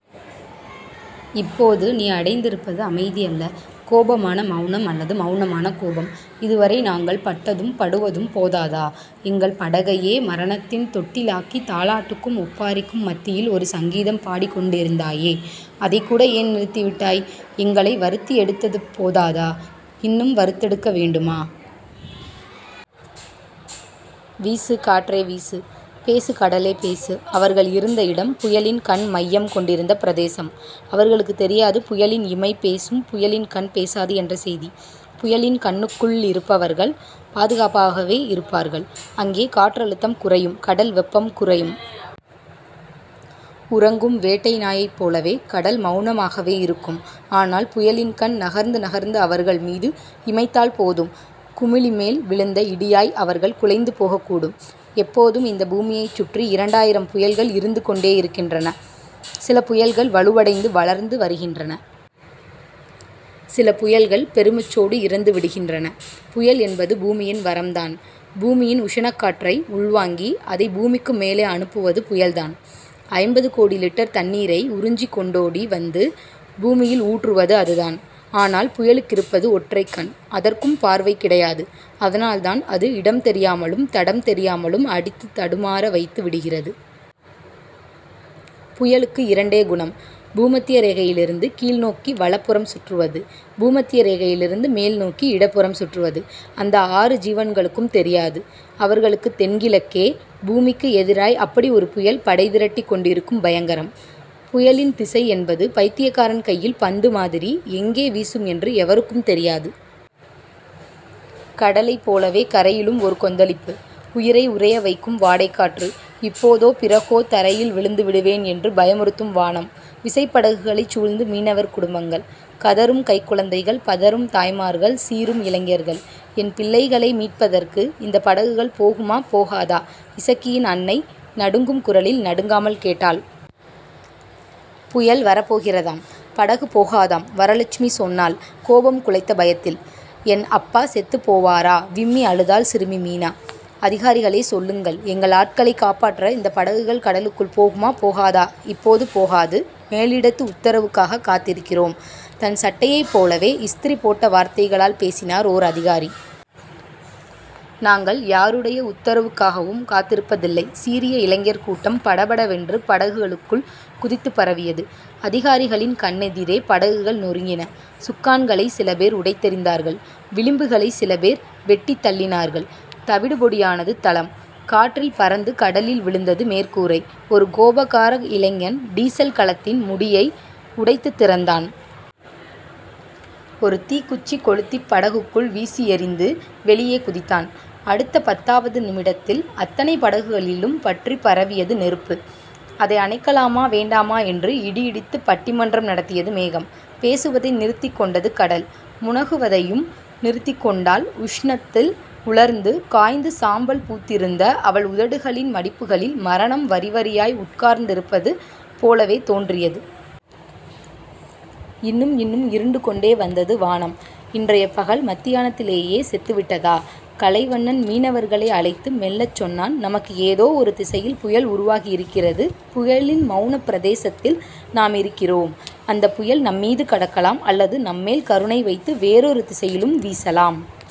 இப்போது நீ அடைந்திருப்பது அமைதி அல்ல. கோபமான மெளனம் அல்லது மெளனமான கோபம். இதுவரை நாங்கள் பட்டதும் படுவதும் போதாதா? எங்கள் படகையே மரணத்தின் தொட்டிலாக்கி, தாலாட்டுக்கும் ஒப்பாரிக்கும் மத்தியில் ஒரு சங்கீதம் பாடிக்கொண்டிருந்தாயே. அதைக்கூட ஏன் நிறுத்திவிட்டாய்? எங்களை வருத்தியெடுத்தது போதாதா? இன்னும் வறுத்தெடுக்க வேண்டுமா? வீசு காற்றே வீசு. பேசு கடலே பேசு. அவர்கள் இருந்த இடம், புயலின் கண் மையம் கொண்டிருந்த பிரதேசம். அவர்களுக்குத் தெரியாது புயலின் இமை பேசும். புயலின் கண் பேசாது என்ற செய்தி. புயலின் கண்ணுக்குள்ளிருப்பவர்கள் பாதுகாப்பாகவே இருப்பார்கள். அங்கே காற்றழுத்தம் குறையும். கடல்வெப்பம் குறையும். உறங்கும் வேட்டை நாயைப் போலவே கடல் மெளனமாகவே இருக்கும். ஆனால், புயலின் கண் நகர்ந்து நகர்ந்து அவர்கள் மீது இமைத்தால்போதும் குமிழிமேல் விழுந்த இடியாய் அவர்கள் குலைந்து போகக்கூடும். எப்போதும் இந்த பூமியைச் சுற்றி இரண்டாயிரம் புயல்கள் இருந்துகொண்டேயிருக்கின்றன. சில புயல்கள் வலுவடைந்து வளர்ந்து வருகின்றன. சில புயல்கள் பெருமுச்சோடு இறந்து விடுகின்றன. புயல் என்பது பூமியின் வரம்தான். பூமியின் உஷணக்காற்றை உள்வாங்கி, அதைப் பூமிக்கு மேலே அனுப்புவது புயல்தான். ஐம்பது கோடி லிட்டர் தண்ணீரை உறிஞ்சிக்கொண்டோடி வந்து பூமியில் ஊற்றுவது அதுதான். ஆனால், புயலுக்கிருப்பது ஒற்றைக்கண். அதற்கும் பார்வை கிடையாது. அதனால்தான் அது இடம் தெரியாமலும் தடம் தெரியாமலும் அடித்துத் தடுமாற வைத்து விடுகிறது. புயலுக்கு இரண்டே குணம். பூமத்திய ரேகையிலிருந்து கீழ்நோக்கி வலப்புறம் சுற்றுவது. பூமத்திய ரேகையிலிருந்து மேல்நோக்கி இடப்புறம் சுற்றுவது. அந்த ஆறு ஜீவன்களுக்கும் தெரியாது. அவர்களுக்குத் தென்கிழக்கே, பூமிக்கு எதிராய் அப்படி ஒரு புயல் படைதிரட்டிக் கொண்டிருக்கும் பயங்கரம். புயலின் திசை என்பது பைத்தியக்காரன் கையில் பந்து மாதிரி எங்கே வீசும் என்று எவருக்கும் தெரியாது. கடலைப்போலவே கரையிலும் ஒரு கொந்தளிப்பு. உயிரை உறையவைக்கும் வாடைக்காற்று. இப்போதோ பிறகோ தரையில் விழுந்து விடுவேன் என்று பயமுறுத்தும் வானம். விசைப்படகுகளைச் சூழ்ந்து மீனவர் குடும்பங்கள். கதறும் கைக்குழந்தைகள் பதறும் தாய்மார்கள் சீறும் இளைஞர்கள். என் பிள்ளைகளை மீட்பதற்கு இந்தப் படகுகள் போகுமா? போகாதா? இசக்கியின் அன்னை நடுங்கும் குரலில் நடுங்காமல் கேட்டாள். புயல் வரப்போகிறதாம். படகு போகாதாம். வரலட்சுமி சொன்னாள் கோபம் குழைத்த பயத்தில். என் அப்பா செத்துப் போவாரா? விம்மி அழுதாள் சிறுமி மீனா. அதிகாரிகளே சொல்லுங்கள். எங்கள் ஆட்களைக் காப்பாற்ற இந்தப் படகுகள் கடலுக்குள் போகுமா போகாதா? இப்போது போகாது. மேலிடத்து உத்தரவுக்காகக் காத்திருக்கிறோம். தன் சட்டையைப் போலவே இஸ்திரி போட்டவார்த்தைகளால் பேசினார் ஓர் அதிகாரி. நாங்கள் யாருடைய உத்தரவுக்காகவும் காத்திருப்பதில்லை சீறிய இளைஞர் கூட்டம் படபடவென்று படகுகளுக்குள் குதித்துப் பரவியது. அதிகாரிகளின் கண்ணெதிரே படகுகள் நொறுங்கின. சுக்கான்களைச் சிலபேர் உடைத்தெறிந்தார்கள். விளிம்புகளைச் சிலபேர் வெட்டித் தள்ளினார்கள். தவிடு பொடியானது தளம். காற்றில் பறந்து கடலில் விழுந்தது மேற்கூரை. ஒரு கோபக்கார இளைஞன் டீசல்கலத்தின் முடியை உடைத்துத் திறந்தான். ஒரு தீக்குச்சி கொளுத்திப் படகுக்குள் வீசியெறிந்து வெளியே குதித்தான். அடுத்த பத்தாவது நிமிடத்தில் அத்தனை படகுகளிலும் பற்றிப் பரவியது நெருப்பு. அதை அணைக்கலாமா வேண்டாமா என்று இடி இடித்துப் பட்டிமன்றம். நடத்தியது மேகம். பேசுவதை நிறுத்திக் கொண்டது கடல். முனகுவதையும் நிறுத்திக்கொண்டாள் உஷ்ணத்தில் உலர்ந்து, காய்ந்து சாம்பல் பூத்திருந்த அவள் உதடுகளின் மடிப்புகளில் மரணம் வரிவரியாய் உட்கார்ந்திருப்பது போலவே தோன்றியது. இன்னும், இன்னும், இருண்டுகொண்டே வந்தது வானம். இன்றைய பகல் மத்தியானத்திலேயே செத்துவிட்டதா? கலைவண்ணன் மீனவர்களை அழைத்து மெல்லச் சொன்னான் நமக்கு ஏதோ ஒரு திசையில் புயல் உருவாகி இருக்கிறது புயலின் மெளனப் பிரதேசத்தில் நாமிருக்கிறோம். அந்தப் புயல் நம்மீது கடக்கலாம் அல்லது நம்மேல் கருணைவைத்து வேறொரு திசையிலும் வீசலாம்.